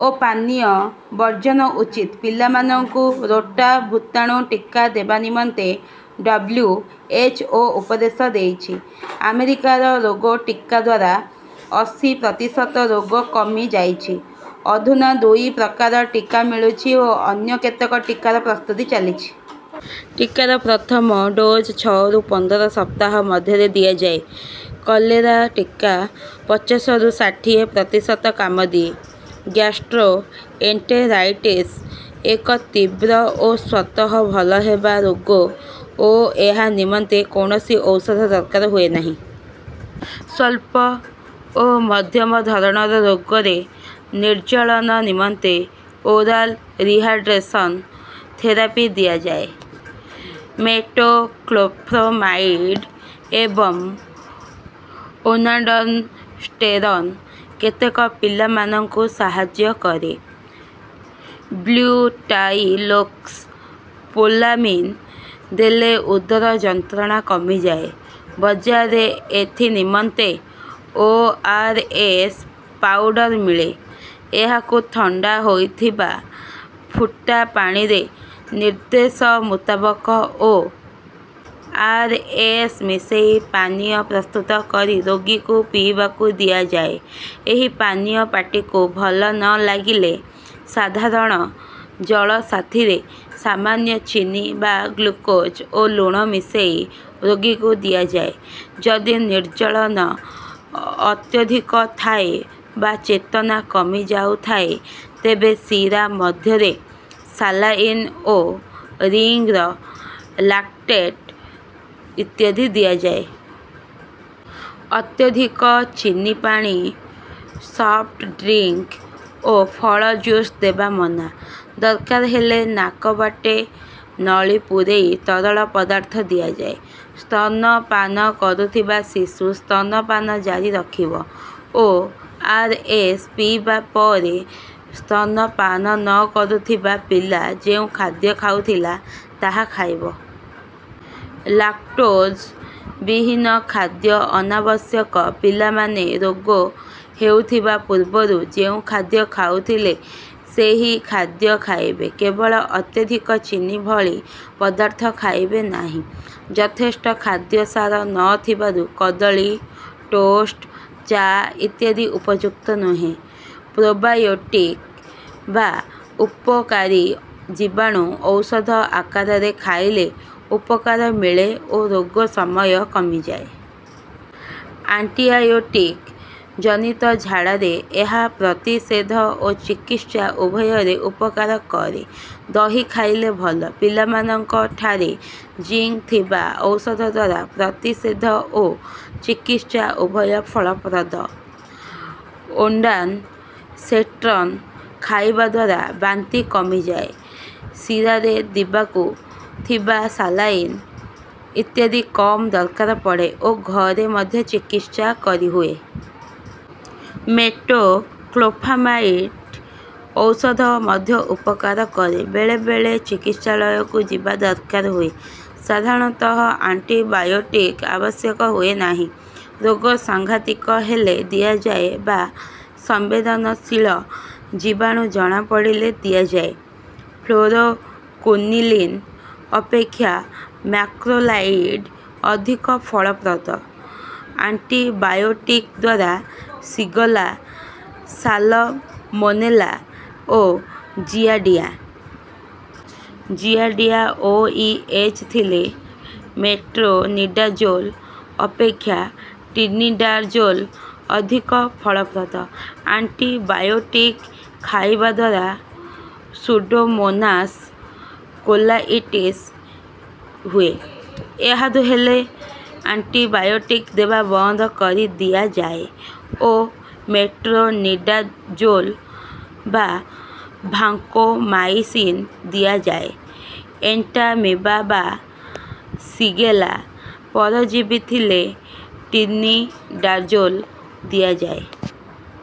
ଓ ପାନୀୟ ବର୍ଜନ ଉଚିତ। ପିଲାମାନଙ୍କୁ ରୋଟା ଭୁତାଣୁ ଟୀକା ଦେବା ନିମନ୍ତେ ଡବ୍ଲ୍ୟୁ. ଏଚ୍. ଓ. ଉପଦେଶ ଦେଇଛି। ଆମେରିକାର ରୋଟା ଟୀକାଦ୍ୱାରା ଅଶି ପ୍ରତିଶତ ରୋଗ କମି ଯାଇଛି। ଅଧୁନା ଦୁଇ ପ୍ରକାର ଟୀକା ମିଳୁଛି ଓ ଅନ୍ୟ କେତେକ ଟୀକାର ପ୍ରସ୍ତୁତି ଚାଲିଛି। ଟୀକାର ପ୍ରଥମ ଡୋଜ ଛଅ ରୁ ପନ୍ଦର ସପ୍ତାହ ମଧ୍ୟରେ ଦିଆଯାଏ। କଲେରା ଟୀକା ପଚାଶ ରୁ ଷାଠିଏ ପ୍ରତିଶତ କାମ ଦିଏ। ଗ୍ଯାସ୍ଟ୍ରୋଏଣ୍ଟେରାଇଟିସ୍ ଏକ ତୀବ୍ର ଓ ସ୍ୱତଃ ଭଲ ହେବା ରୋଗ ଓ ଏହା ନିମନ୍ତେ କୌଣସି ଔଷଧ ଦରକାର ହୁଏ ନାହିଁ। ସ୍ୱଳ୍ପ ଓ ମଧ୍ୟମ ଧରଣର ରୋଗରେ ନିର୍ଜଳନ ନିମନ୍ତେ ଓରାଲ ରିହାଡ୍ରେସନ ଥେରାପି ଦିଆଯାଏ। ମେଟୋକ୍ଲୋପ୍ରମାଇଡ୍ ଏବଂ ଓନ୍ଡାନସ୍ଟେରନ କେତେକ ପିଲାମାନଙ୍କୁ ସାହଯ୍ୟ କରେ। ବ୍ୟୁଟାଇଲ୍ସ୍କୋପୋଲାମିନ୍ ଦେଲେ ଉଦର ଯନ୍ତ୍ରଣା କମିଯାଏ। ବଜାରରେ ଏଥି ନିମନ୍ତେ ଓ ଆର ଏସ୍ ପାଉଡର ମିଳେ। ଏହାକୁ ଥଣ୍ଡା ହୋଇଥିବା ଫୁଟା ପାଣିରେ ନିର୍ଦ୍ଦେଶ ମୁତାବକ ଓ ଆର୍. ଏସ୍. ମିଶେଇ ପାନୀୟ ପ୍ରସ୍ତୁତ କରି ରୋଗୀକୁ ପିଇବାକୁ ଦିଆଯାଏ। ଏହି ପାନୀୟ ପାଟିକୁ ଭଲ ନ ଲାଗିଲେ ସାଧାରଣ ଜଳ ସାଥିରେ ସାମାନ୍ୟ ଚିନି ବା ଗ୍ଲୁକୋଜ ଓ ଲୁଣ ମିଶେଇ ରୋଗୀକୁ ଦିଆଯାଏ। ଯଦି ନିର୍ଜଳନ ଅତ୍ୟଧିକ ଥାଏ ବା ଚେତନା କମି ଯାଉଥାଏ ତେବେ ଶୀରା ମଧ୍ୟରେ ସାଲାଇନ୍ ଓ ରିଙ୍ଗର ଲାକ୍ଟେଟ ଇତ୍ୟାଦି ଦିଆଯାଏ। ଅତ୍ୟଧିକ ଚିନି ପାଣି, ସଫ୍ଟ ଡ୍ରିଙ୍କ ଓ ଫଳ ଜୁସ ଦେବା ମନା। ଦରକାର ହେଲେ ନାକ ବାଟେ ନଳି ପୁରେଇ ତରଳ ପଦାର୍ଥ ଦିଆଯାଏ। ସ୍ତନ ପାନ କରୁଥିବା ଶିଶୁ ସ୍ତନ ପାନ ଜାରି ରଖିବ। ଓ ଆର୍ ଏସ୍ ପିଇବା ପରେ ସ୍ତନ ପାନ ନ କରୁଥିବା ପିଲା ଯେଉଁ ଖାଦ୍ୟ ଖାଉଥିଲା ତାହା ଖାଇବ। ଲାକ୍ଟୋଜ ବିହୀନ ଖାଦ୍ୟ ଅନାବଶ୍ୟକ। ପିଲାମାନେ ରୋଗ ହେଉଥିବା ପୂର୍ବରୁ ଯେଉଁ ଖାଦ୍ୟ ଖାଉଥିଲେ ସେହି ଖାଦ୍ୟ ଖାଇବେ, କେବଳ ଅତ୍ୟଧିକ ଚିନି ଭଳି ପଦାର୍ଥ ଖାଇବେ ନାହିଁ। ଯଥେଷ୍ଟ ଖାଦ୍ୟ ସାର ନ ଥିବାରୁ କଦଳୀ, ଟୋଷ୍ଟ୍, ଚା ଇତ୍ୟାଦି ଉପଯୁକ୍ତ ନୁହେଁ। ପ୍ରୋବାୟୋଟିକ ବା ଉପକାରୀ ଜୀବାଣୁ ଔଷଧ ଆକାରରେ ଖାଇଲେ ଉପକାର ମିଳେ ଓ ରୋଗ ସମୟ କମିଯାଏ। ଆଣ୍ଟିଆୟୋଟିକ ଜନିତ ଝାଡାରେ ଏହା ପ୍ରତିଷେଧ ଓ ଚିକିତ୍ସା ଉଭୟରେ ଉପକାର କରେ। ଦହି ଖାଇଲେ ଭଲ। ପିଲାମାନଙ୍କଠାରେ ଜିଙ୍କ ଥିବା ଔଷଧଦ୍ୱାରା ପ୍ରତିଷେଧ ଓ ଚିକିତ୍ସା ଉଭୟ ଫଳପ୍ରଦ। ଓଣ୍ଡାନ୍ ସେଟ୍ରନ ଖାଇବାଦ୍ୱାରା ବାନ୍ତି କମିଯାଏ, ଶିରାରେ ଦିବାକୁ ଥିବା ସାଲାଇନ୍ ଇତ୍ୟାଦି କମ୍ ଦରକାର ପଡେ ଓ ଘରେ ମଧ୍ୟ ଚିକିତ୍ସା କରିହୁଏ। ମେଟୋକ୍ଲୋପ୍ରାମାଇଡ୍ ଔଷଧ ମଧ୍ୟ ଉପକାର କରେ। ବେଳେ ବେଳେ ଚିକିତ୍ସାଳୟକୁ ଯିବା ଦରକାର ହୁଏ। ସଧାରଣତଃ ଆଣ୍ଟିବାୟୋଟିକ୍ ଆବଶ୍ୟକ ହୁଏ ନାହିଁ, ରୋଗ ସାଂଘାତିକ ହେଲେ ଦିଆଯାଏ ବା ସମ୍ବେଦନଶୀଳ ଜୀବାଣୁ ଜଣା ପଡ଼ିଲେ ଦିଆଯାଏ। ଫ୍ଲୋରୋକୁନିଲିନ୍ ଅପେକ୍ଷା ମାକ୍ରୋଲାଇଡ ଅଧିକ ଫଳପ୍ରଦ। ଆଣ୍ଟିବାୟୋଟିକଦ୍ୱାରା ସିଗଲା, ସାଲମୋନେଲା ଓ ଜିଆଡିଆ। ଜିଆଡିଆ ଓ ଇ. ଏଚ୍ ଥିଲେ ମେଟ୍ରୋନିଡାଜୋଲ୍ ଅପେକ୍ଷା ଟିନିଡାଜୋଲ୍ ଅଧିକ ଫଳପ୍ରଦ। ଆଣ୍ଟିବାୟୋଟିକ୍ ଖାଇବା ଦ୍ୱାର ସୁଡୋମୋନାସ୍ କୋଲାଇଟିସ୍ ହୁଏ। ଏହା ହେଲେ ଆଣ୍ଟିବାୟୋଟିକ୍ ଦେବା ବନ୍ଦ କରିଦିଆ ଯାଏ ଓ ମେଟ୍ରୋନିଡାଜୋଲ୍ ବା ଭାଙ୍କୋମାଇସିନ୍ ଦିଆଯାଏ। ଏଣ୍ଟାମିବା ବା ସିଗେଲା ପରଜୀବି ଥିଲେ ଟିନିଡାଜୋଲ୍ ଦିଆଯାଏ।